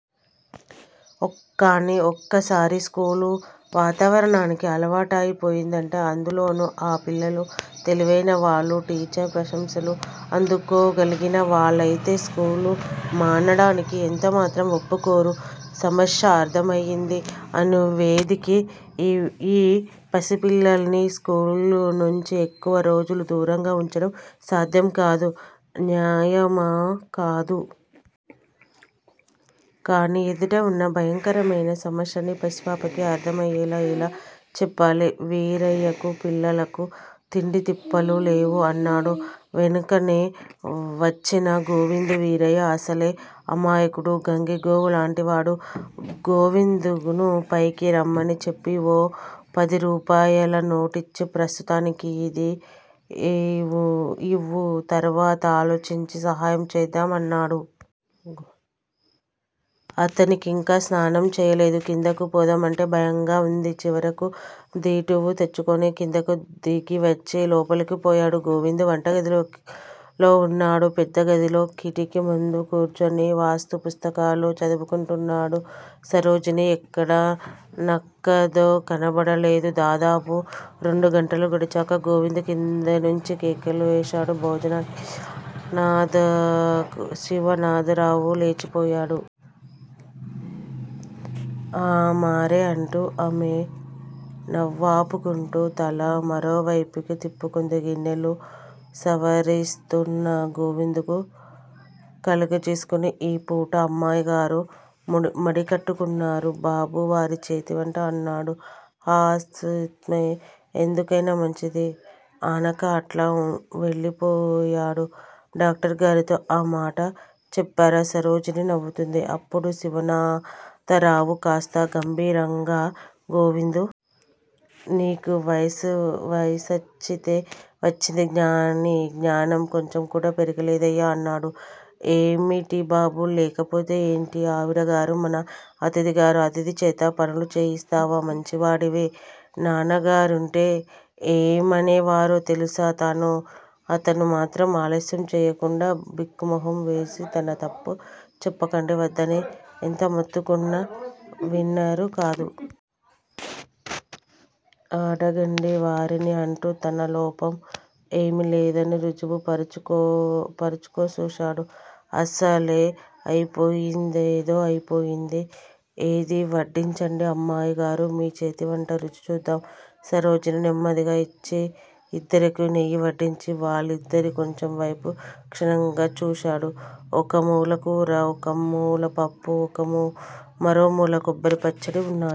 కాని ఒక్కసారి స్కూలు వాతావరణానికి అలావాటైపోయిందంటే అందులోను ఆ పిల్లలు తెలివైన వాళ్ళు టీచర్స్ ప్రశంసలు అందుకోగలిగిన వాళ్ళయితే స్కూలు మానడానికి యెంత మాత్రం వొప్పుకోరు. సమస్య అర్ధమౌతుంది అణువేదకి. ఈ పసిపిల్లని స్కూలు నించి ఎక్కువ రోజులు దూరంగా వుంచడం సాధ్యం కాదు. న్యాయమ కాదు. కాని ఎదుట వున్న భయంకరమైన సమస్యని పసిపాపకి అర్ధమయ్యేలా ఎలా చెప్పాలి? వీరయ్యకూ, పిల్లలకూ తిండీతిప్పలు లేవు అన్నాడు వెనుకనే వచ్చిన గోవిందు. వీరయ్య అసలే అమాయకుడు, గంగిగోవులాంటివాడు గోవిందును పైకి రమ్మని చెప్పి, ఓ పదిరూపాయల నోటిచ్చి ప్రస్తుతానికి యిది యివ్వు తర్వాత అలోచించి సహాయం చేద్దాం అన్నాడు. అతనింకా స్నానం చేయలేదు. క్రిందకు పోదామంటే భయంగా వుంది. చివరకు దిటవు తెచ్చుకుని క్రిందకు దిగివచ్చి, లోపలకు పోయాడు. గోవిందు వంటగదిలో వున్నాడు. పెద్దగదిలో కిటికీముందు కూర్చుని వాసుపుస్తకాలు చదువుకుంటున్నాడు. సరోజిని ఎక్కడ నక్కిందో కనబడలేదు. దాదాపు రెండుగంటలు గడిచాక గోవిందు క్రిందనుంచి కేకేశాడు భోజనానికి శివనాథరావు లేచివెళ్ళాడు. ఆఁ మరే అంటూ ఆమె నవ్వు ఆపుకుంటూ తల మరోవైపుకి త్రిప్పుకుంది. గిన్నెలు సవరిస్తోన్న గోవిందు కలుగజేసుకొని ఈ పూట అమ్మాయిగారు మడికట్టుకున్నారు బాబూ వారి చేతివంట అన్నాడు. హ! ఎందుకైనా మంచిది, ఆనక అట్లా వెళ్ళినప్పుడు డాక్టరుగారితో ఆమాట చెప్పిరా. సరోజిని నవ్వుతోంది. అప్పుడు శివనాథరావు కాస్త గంభీరంగా గోవిందూ! నీకు వయసు వయస్సయితే వచ్చిందిగానీ జ్ఞానం కొంచెంకూడా పెరగలేదయ్యా అన్నాడు. అదేమిటి బాబూ? లేకపోతే ఏమిటి? ఆవిడగారు మన అతిధిగారు అతిథిచేత పనులు చేయిస్తావా? మంచివాడివే నాన్నగారుంటే ఏమనేవారో తెలుసా? అతను ఏమాత్రం ఆలస్యం చెయ్యకుండా బిక్కమొహం వేసి నా తప్పా చెప్పండి? వద్దని ఎంత మొత్తుకున్నా విన్నారు కాదు. అడగండి వారిని అంటూ తన లోపం ఏమీలేదని రుజువు పరచుకోచూశాడు. సరేలే అయిపోయిందేదో అయిపోయింది. ఏదీ? వడ్డించండి అమ్మాయిగారూ మీ చేతివంట రుచిచూద్దాం. సరోజిని నెమ్మదిగా వచ్చి యిద్దరకూ నెయ్యి వడ్డించి వెళ్ళింది. కంచంవైపు తీక్షణంగా చూశాడు. ఒకమూల కూర, ఒకమూల పప్పు, మరోమూల కొబ్బరి పచ్చడీ వున్నాయి.